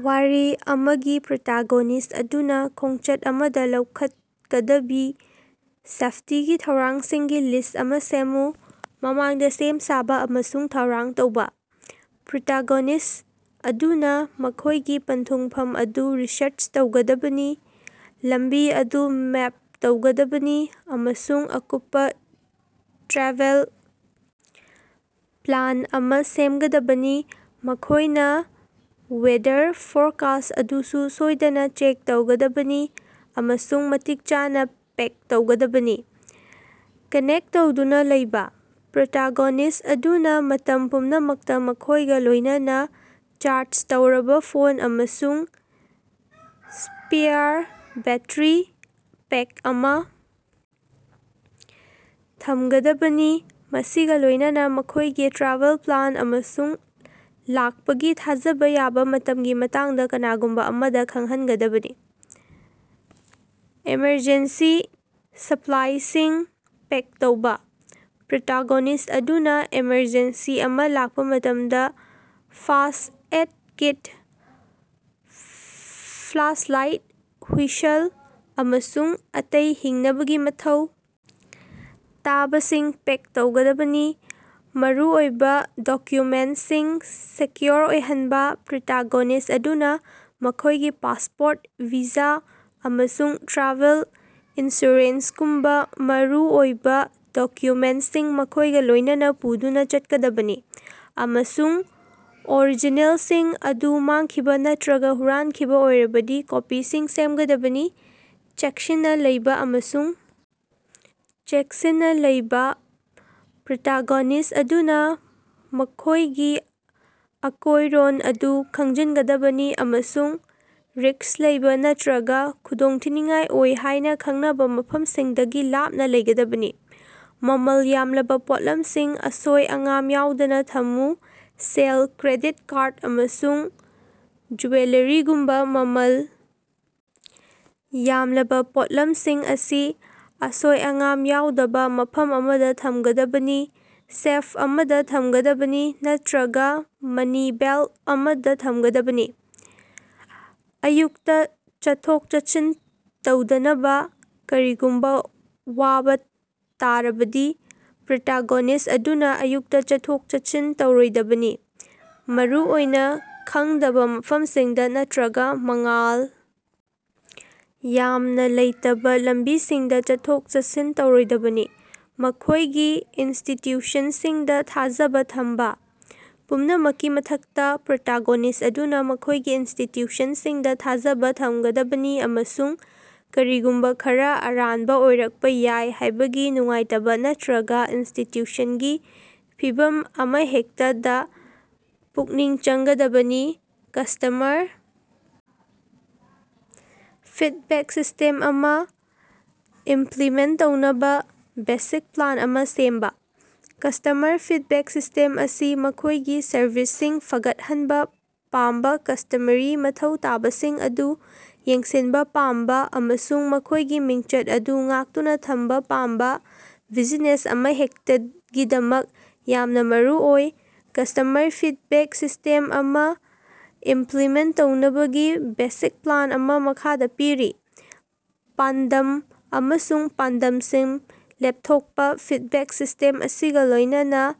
ꯋꯥꯔꯤ ꯑꯃꯒꯤ ꯄ꯭ꯔꯣꯇꯥꯒꯣꯅꯤꯁ꯭ꯠ ꯑꯗꯨꯅ ꯈꯣꯡꯆꯠ ꯑꯃꯗ ꯂꯧꯈꯠꯀꯗꯕꯤ ꯁꯦꯐꯇꯤꯒꯤ ꯊꯧꯔꯥꯡꯁꯤꯡꯒꯤ ꯂꯤꯁ꯭ꯠ ꯑꯃ ꯁꯦꯝꯃꯨ꯫ ꯃꯃꯥꯡꯗ ꯁꯦꯝ ꯁꯥꯕ‌ ꯑꯃꯁꯨꯡ ꯊꯧꯔꯥꯡ ꯇꯧꯕ - ꯄ꯭ꯔꯣꯇꯥꯒꯣꯅꯤꯁ꯭ꯠ ꯑꯗꯨꯅ ꯃꯈꯣꯏꯒꯤ ꯄꯟꯊꯨꯡꯐꯝ ꯑꯗꯨ ꯔꯤꯁꯔꯆ ꯇꯧꯒꯗꯕꯅꯤ, ꯂꯝꯕꯤ ꯑꯗꯨ ꯃꯦꯞ ꯇꯧꯒꯗꯕꯅꯤ ꯑꯃꯁꯨꯡ ꯑꯀꯨꯞꯄ ꯇ꯭ꯔꯥꯚꯦꯜ ꯄ꯭ꯂꯥꯟ ꯑꯃ ꯁꯦꯝꯒꯗꯕꯅꯤ꯫ ꯃꯈꯣꯏꯅ ꯋꯦꯗꯔ ꯐꯣꯔꯀꯥꯁ꯭ꯠ ꯑꯗꯨꯁꯨ ꯁꯣꯏꯗꯅꯥ ꯆꯦꯛ ꯇꯧꯒꯗꯕꯅꯤ ꯑꯃꯁꯨꯡ ꯃꯇꯤꯛ ꯆꯥꯅ ꯄꯦꯛ ꯇꯧꯒꯗꯕꯅꯤ꯫ ꯀꯥꯅꯦ꯭ꯛꯇ ꯇꯧꯗꯨꯅ ꯂꯩꯕ‌ - ꯄ꯭ꯔꯣꯇꯥꯒꯣꯅꯤꯁ꯭ꯠ ꯑꯗꯨꯅ ꯃꯇꯝ ꯄꯨꯝꯅꯃꯛꯇ ꯃꯈꯣꯏꯒ ꯂꯣꯏꯅꯅꯥ ꯆꯥꯔꯖ ꯇꯧꯔꯕ ꯐꯣꯟ ꯑꯃꯁꯨꯡ ꯁ꯭ꯄꯦꯌꯥꯔ ꯕꯦꯠꯇ꯭ꯔꯤ ꯄꯦꯛ ꯑꯃ ꯊꯝꯒꯗꯕꯅꯤ, ꯃꯁꯤꯒ ꯂꯣꯏꯅꯅꯥ ꯃꯈꯣꯏꯒꯤ ꯇ꯭ꯔꯥꯚꯦꯜ ꯄ꯭ꯂꯥꯟ ꯑꯃꯁꯨꯡ ꯂꯥꯛꯄꯒꯤ ꯊꯥꯖꯕꯥ ꯌꯥꯕ ꯃꯇꯝꯒꯤ ꯃꯇꯥꯡꯗ ꯀꯅꯥꯒꯨꯝꯕ ꯑꯃꯗ ꯈꯪꯍꯟꯒꯗꯕꯅꯤ꯫ ꯑꯦꯃꯔꯖꯦꯟꯁꯤ ꯁꯄ꯭ꯂꯥꯏꯁꯤꯡ ꯄꯦꯛ ꯇꯧꯕ- ꯄ꯭ꯔꯣꯇꯥꯒꯣꯅꯤꯁ꯭ꯠ ꯑꯗꯨꯅ ꯑꯦꯃꯔꯖꯦꯟꯁꯤ ꯑꯃ ꯂꯥꯛꯄ ꯃꯇꯝꯗ ꯐꯥꯔꯁ꯭ꯠ-ꯑꯦꯗ ꯀꯤꯠ, ꯐ꯭ꯂꯥꯁꯂꯥꯏꯠ, ꯍꯨꯏꯁꯜ, ꯑꯃꯁꯨꯡ ꯑꯇꯩ ꯍꯤꯡꯅꯕꯒꯤ ꯃꯊꯧ ꯇꯥꯕꯁꯤꯡ ꯄꯦꯛ ꯇꯧꯒꯗꯕꯅꯤ꯫ ꯃꯔꯨꯑꯣꯏꯕ ꯗꯣꯀ꯭ꯌꯨꯃꯦꯟꯇꯁꯤꯡ ꯁꯦꯀ꯭ꯌꯣꯔ ꯑꯣꯏꯍꯟꯕ- ꯄ꯭ꯔꯣꯇꯥꯒꯣꯅꯤꯁ꯭ꯠ ꯑꯗꯨꯅ ꯃꯈꯣꯏꯒꯤ ꯄꯥꯁꯄꯣꯔꯠ, ꯚꯤꯖꯥ, ꯑꯃꯁꯨꯡ ꯇ꯭ꯔꯥꯚꯦꯜ ꯏꯟꯁꯨꯔꯦꯟꯁꯀꯨꯝꯕ ꯃꯔꯨꯑꯣꯏꯕ ꯗꯣꯀ꯭ꯌꯨꯃꯦꯟꯇꯁꯤꯡ ꯃꯈꯣꯏꯒ ꯂꯣꯏꯅꯅꯥ ꯄꯨꯗꯨꯅ ꯆꯠꯀꯗꯕꯅꯤ, ꯑꯃꯁꯨꯡ ꯑꯣꯔꯤꯖꯤꯅꯦꯜꯁꯤꯡ ꯑꯗꯨ ꯃꯥꯡꯈꯤꯕ ꯅꯠꯇꯔꯒ ꯍꯨꯔꯥꯟꯈꯤꯕ ꯑꯣꯏꯔꯕꯗꯤ ꯀꯣꯄꯤꯁꯤꯡ ꯁꯦꯝꯒꯗꯕꯅꯤ꯫ ꯆꯦꯛꯁꯤꯟꯅ ꯂꯩꯕ ꯑꯃꯁꯨꯡ ꯆꯦꯠꯁꯤꯟꯅ ꯂꯩꯕ - ꯄ꯭ꯔꯣꯇꯥꯒꯣꯅꯤꯁ꯭ꯠ ꯑꯗꯨꯅ ꯃꯈꯣꯎꯒꯤ ꯑꯀꯣꯏꯔꯣꯟ ꯑꯗꯨ ꯈꯪꯖꯤꯟꯒꯗꯕꯅꯤ ꯑꯃꯁꯨꯡ ꯔꯤꯁ꯭ꯛ ꯂꯩꯕ ꯅꯠꯇꯔꯒ ꯈꯨꯗꯣꯡꯊꯤꯅꯤꯉꯥꯏ ꯑꯣꯏ ꯍꯥꯏꯅ ꯈꯪꯅꯕ ꯃꯐꯝꯁꯤꯡꯗꯒꯤ ꯂꯥꯞꯅ ꯂꯩꯒꯗꯕꯅꯤ꯫ ꯃꯃꯜ ꯌꯥꯝꯂꯕꯥ ꯄꯣꯠꯂꯝꯁꯤꯡ ꯑꯁꯣꯏ-ꯑꯉꯥꯝ ꯌꯥꯎꯗꯅꯥ ꯊꯝꯃꯨ - ꯁꯦꯜ, ꯀ꯭ꯔꯦꯗꯤꯠ ꯀꯥꯔꯗ, ꯑꯃꯁꯨꯡ ꯖꯨꯋꯦꯂꯔꯤꯒꯨꯝꯕ ꯃꯃꯜ ꯌꯥꯝꯂꯕꯥ ꯄꯣꯠꯂꯝꯁꯤꯡ ꯑꯁꯤ ꯑꯁꯣꯏ-ꯑꯉꯥꯝ ꯌꯥꯎꯗꯕꯥ ꯃꯐꯝ ꯑꯃꯗ ꯊꯝꯒꯗꯕꯅꯤ, ꯁꯦꯐ ꯑꯃꯗ ꯊꯝꯒꯗꯕꯅꯤ ꯅꯠꯇꯔꯒ ꯃꯅꯤ ꯕꯦꯜꯇ ꯑꯃꯗ ꯊꯝꯒꯗꯕꯅꯤ꯫ ꯑꯌꯨꯛꯇ ꯆꯠꯊꯣꯛ-ꯆꯠꯁꯤꯟ ꯇꯧꯗꯅꯕꯥ - ꯀꯔꯤꯒꯨꯝꯕ ꯋꯥꯕ ꯇꯥꯔꯕꯗꯤ, ꯄ꯭ꯔꯣꯇꯥꯒꯣꯅꯤꯁ꯭ꯠ ꯑꯗꯨꯅ ꯑꯌꯨꯛꯇ ꯆꯠꯊꯣꯛ-ꯆꯠꯁꯤꯟ ꯇꯧꯔꯣꯏꯗꯕꯅꯤ, ꯃꯔꯨꯑꯣꯏꯅ ꯈꯪꯗꯕ ꯃꯐꯝꯁꯤꯡꯗ ꯅꯠꯇꯔꯒ ꯃꯉꯥꯜ ꯌꯥꯝꯅ ꯂꯩꯇꯕꯥ ꯂꯝꯕꯤꯁꯤꯡꯗ ꯆꯠꯊꯣꯛ-ꯆꯠꯁꯤꯟ ꯇꯧꯔꯣꯏꯗꯕꯅꯤ꯫ ꯃꯈꯣꯏꯒꯤ ꯏꯟꯁꯇꯤꯇ꯭ꯌꯨꯁꯟꯁꯤꯡꯗ ꯊꯥꯖꯕꯥ ꯊꯝꯕ - ꯄꯨꯝꯅꯃꯛꯀꯤ ꯃꯊꯛꯇ, ꯄ꯭ꯔꯣꯇꯥꯒꯣꯅꯤꯁ꯭ꯠ ꯑꯗꯨꯅ ꯃꯈꯣꯏꯒꯤ ꯏꯟꯁ꯭ꯇꯤꯇ꯭ꯌꯨꯁꯟꯁꯤꯡꯗ ꯊꯥꯖꯕ ꯊꯝꯒꯗꯕꯅꯤ ꯑꯃꯁꯨꯡ ꯀꯔꯤꯒꯨꯝꯕ ꯈꯔꯥ ꯑꯔꯥꯟꯕ ꯑꯣꯏꯔꯛꯄ ꯌꯥꯏ ꯍꯥꯏꯕꯒꯤ ꯅꯨꯡꯉꯥꯏꯇꯕꯥ ꯅꯠꯇꯔꯒ ꯏꯟꯇꯤꯇ꯭ꯌꯨꯁꯟꯒꯤ ꯐꯤꯚꯝ ꯑꯃꯍꯦꯛꯇꯗꯥ ꯄꯨꯛꯅꯤꯡ ꯆꯪꯒꯗꯕꯅꯤ꯫ ꯀꯁ꯭ꯇꯃꯔ ꯐꯤꯗꯕꯦꯛ ꯁꯤꯁꯇꯦꯝ ꯑꯃ ꯏꯝꯄ꯭ꯂꯤꯃꯦꯟꯇ ꯇꯧꯅꯕ ꯕꯦꯁꯤꯛ ꯄ꯭ꯂꯥꯟ ꯑꯃ ꯁꯦꯝꯕ꯫ ꯀꯁ꯭ꯇꯃꯔ ꯐꯤꯗꯕꯦꯛ ꯁꯤꯁꯇꯦꯝ ꯑꯁꯤ ꯃꯈꯣꯏꯒꯤ ꯁꯔꯚꯤꯁꯁꯤꯡ ꯐꯒꯠꯍꯟꯕ ꯄꯥꯝꯕ ꯀꯁ꯭ꯇꯃꯔꯤ ꯃꯊꯧ ꯇꯥꯕꯁꯤꯡ ꯑꯗꯨ ꯌꯦꯡꯁꯤꯟꯕ ꯄꯥꯝꯕ ꯑꯃꯁꯨꯡ ꯃꯈꯣꯏꯒꯤ ꯃꯤꯡꯆꯠ ꯑꯗꯨ ꯉꯥꯛꯇꯨꯅ ꯊꯝꯕ ꯄꯥꯝꯕ ꯕꯤꯖꯤꯅꯦꯁ ꯑꯃꯍꯦꯛꯇꯒꯤꯗꯃꯛ ꯌꯥꯝꯅ ꯃꯔꯨꯑꯣꯏ꯫ ꯀꯁ꯭ꯇꯃꯔ ꯐꯤꯗꯕꯦꯛ ꯁꯤꯁꯇꯦꯝ ꯑꯃ ꯏꯝꯄ꯭ꯂꯤꯃꯦꯟꯇ ꯇꯧꯅꯕꯒꯤ ꯕꯦꯁꯤꯛ ꯄ꯭ꯂꯥꯟ ꯑꯃ ꯃꯈꯥꯗ ꯄꯤꯔꯤ ꯄꯥꯟꯗꯝ ꯑꯃꯁꯨꯡ ꯄꯥꯟꯗꯝꯁꯤꯡ ꯂꯦꯞꯊꯣꯛꯄ ꯐꯤꯗꯕꯦꯛ ꯁꯤꯁꯇꯦꯝ ꯑꯁꯤꯒ ꯂꯣꯏꯅꯅꯥ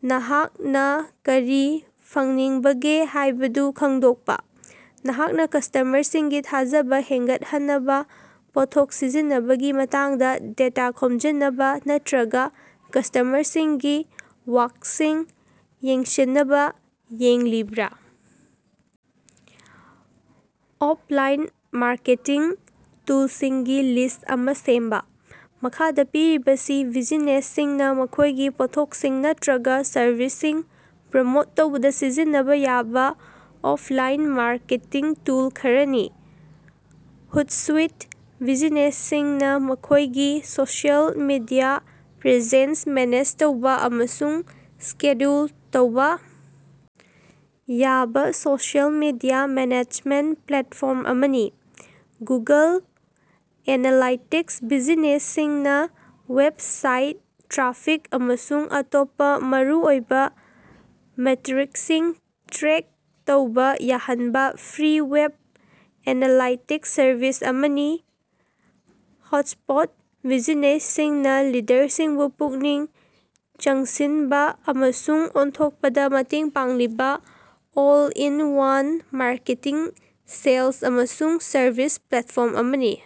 ꯅꯍꯥꯛꯅꯥ ꯀꯔꯤ ꯐꯪꯅꯤꯡꯕꯒꯦ ꯍꯥꯏꯕꯗꯨ ꯈꯪꯗꯣꯛꯄ꯫ ꯅꯍꯥꯛꯅ ꯀꯁ꯭ꯇꯃꯔꯁꯤꯡꯒꯤ ꯊꯥꯖꯕ ꯍꯦꯟꯒꯠꯍꯟꯅꯕ ꯄꯣꯠꯊꯣꯛ ꯁꯤꯖꯤꯟꯅꯕꯒꯤ ꯃꯇꯥꯡꯗ ꯗꯦꯇꯥ ꯈꯣꯝꯖꯤꯟꯅꯕꯥ ꯅꯠꯇꯔꯒ ꯀꯁ꯭ꯇꯃꯔꯁꯤꯡꯒꯤ ꯋꯥꯛꯁꯤꯡ ꯌꯦꯡꯁꯤꯟꯅꯕ ꯌꯦꯡꯂꯤꯕ꯭ꯔꯥ ꯑꯣꯞꯂꯥꯏꯟ ꯃꯥꯔꯀꯦꯇꯤꯡ ꯇꯨꯜꯁꯤꯡꯒꯤ ꯂꯤꯁ꯭ꯠ ꯑꯃ ꯁꯦꯝꯕ꯫ ꯃꯈꯥꯗ ꯄꯤꯔꯤꯕꯁꯤ ꯕꯤꯖꯤꯅꯦꯁꯁꯤꯡꯅ ꯃꯈꯣꯏꯒꯤ ꯄꯣꯠꯊꯣꯛꯁꯤꯡ ꯅꯠꯇꯔꯒ ꯁꯔꯚꯤꯁꯁꯤꯡ ꯄ꯭ꯔꯃꯣꯠ ꯇꯧꯕꯗ ꯁꯤꯖꯤꯟꯅꯕꯥ ꯌꯥꯕ ꯑꯣꯞꯂꯥꯏꯟ ꯃꯥꯔꯀꯦꯇꯤꯡ ꯇꯨꯜ ꯈꯔꯥꯅꯤ, ꯍꯨꯠꯁꯨꯏꯠ - ꯕꯤꯖꯤꯅꯦꯁꯁꯤꯡꯅ ꯃꯈꯣꯏꯒꯤ ꯁꯣꯁꯤꯑꯦꯜ ꯃꯤꯗꯤꯌꯥ ꯄ꯭ꯔꯦꯖꯦꯟꯁ ꯃꯦꯅꯦꯖ ꯇꯧꯕ ꯑꯃꯁꯨꯡ ꯁ꯭ꯀꯦꯗ꯭ꯌꯨꯜ ꯇꯧꯕ ꯌꯥꯕ ꯁꯣꯁꯤꯑꯦꯜ ꯃꯤꯗꯤꯌꯥ ꯃꯦꯅꯦꯖꯃꯦꯟꯇ ꯄ꯭ꯂꯦꯠꯐꯣ꯭ꯔꯝ ꯑꯃꯅꯤ꯫ ꯒꯨꯒꯜ ꯑꯦꯅꯥꯂꯥꯏꯇꯤꯛꯁ -ꯕꯤꯖꯤꯅꯦꯁꯁꯤꯡꯅ ꯋꯦꯕꯁꯥꯏꯠ ꯇ꯭ꯔꯥꯐꯤꯛ ꯑꯃꯁꯨꯡ ꯑꯇꯣꯞꯄ ꯃꯔꯨꯑꯣꯏꯕ ꯃꯦꯇ꯭ꯔꯤꯛꯁꯤꯡ ꯇ꯭ꯔꯦꯛ ꯇꯧꯕ ꯌꯥꯍꯟꯕ ꯐ꯭ꯔꯤ ꯋꯦꯕ ꯑꯦꯅꯥꯂꯥꯏꯇꯤꯛꯁ ꯁꯔꯚꯤꯁ ꯑꯃꯅꯤ꯫ ꯍꯣꯠꯁꯄꯣꯠ - ꯕꯤꯖꯤꯅꯦꯁꯁꯤꯡꯅ ꯂꯤꯗꯔꯁꯤꯡꯕꯨ ꯄꯨꯛꯅꯤꯡ ꯆꯡꯁꯤꯟꯕ ꯑꯃꯁꯨꯡ ꯑꯣꯟꯊꯣꯛꯄꯗ ꯃꯇꯦꯡ ꯄꯥꯡꯂꯤꯕ ꯑꯣꯜ-ꯏꯟ-ꯋꯥꯟ ꯃꯥꯔꯀꯦꯇꯤꯡ, ꯁꯦꯜꯁ, ꯑꯃꯁꯨꯡ ꯁꯔꯕꯤꯁ ꯄ꯭ꯂꯦꯠꯐꯣꯔꯝ ꯑꯃꯅꯤ꯫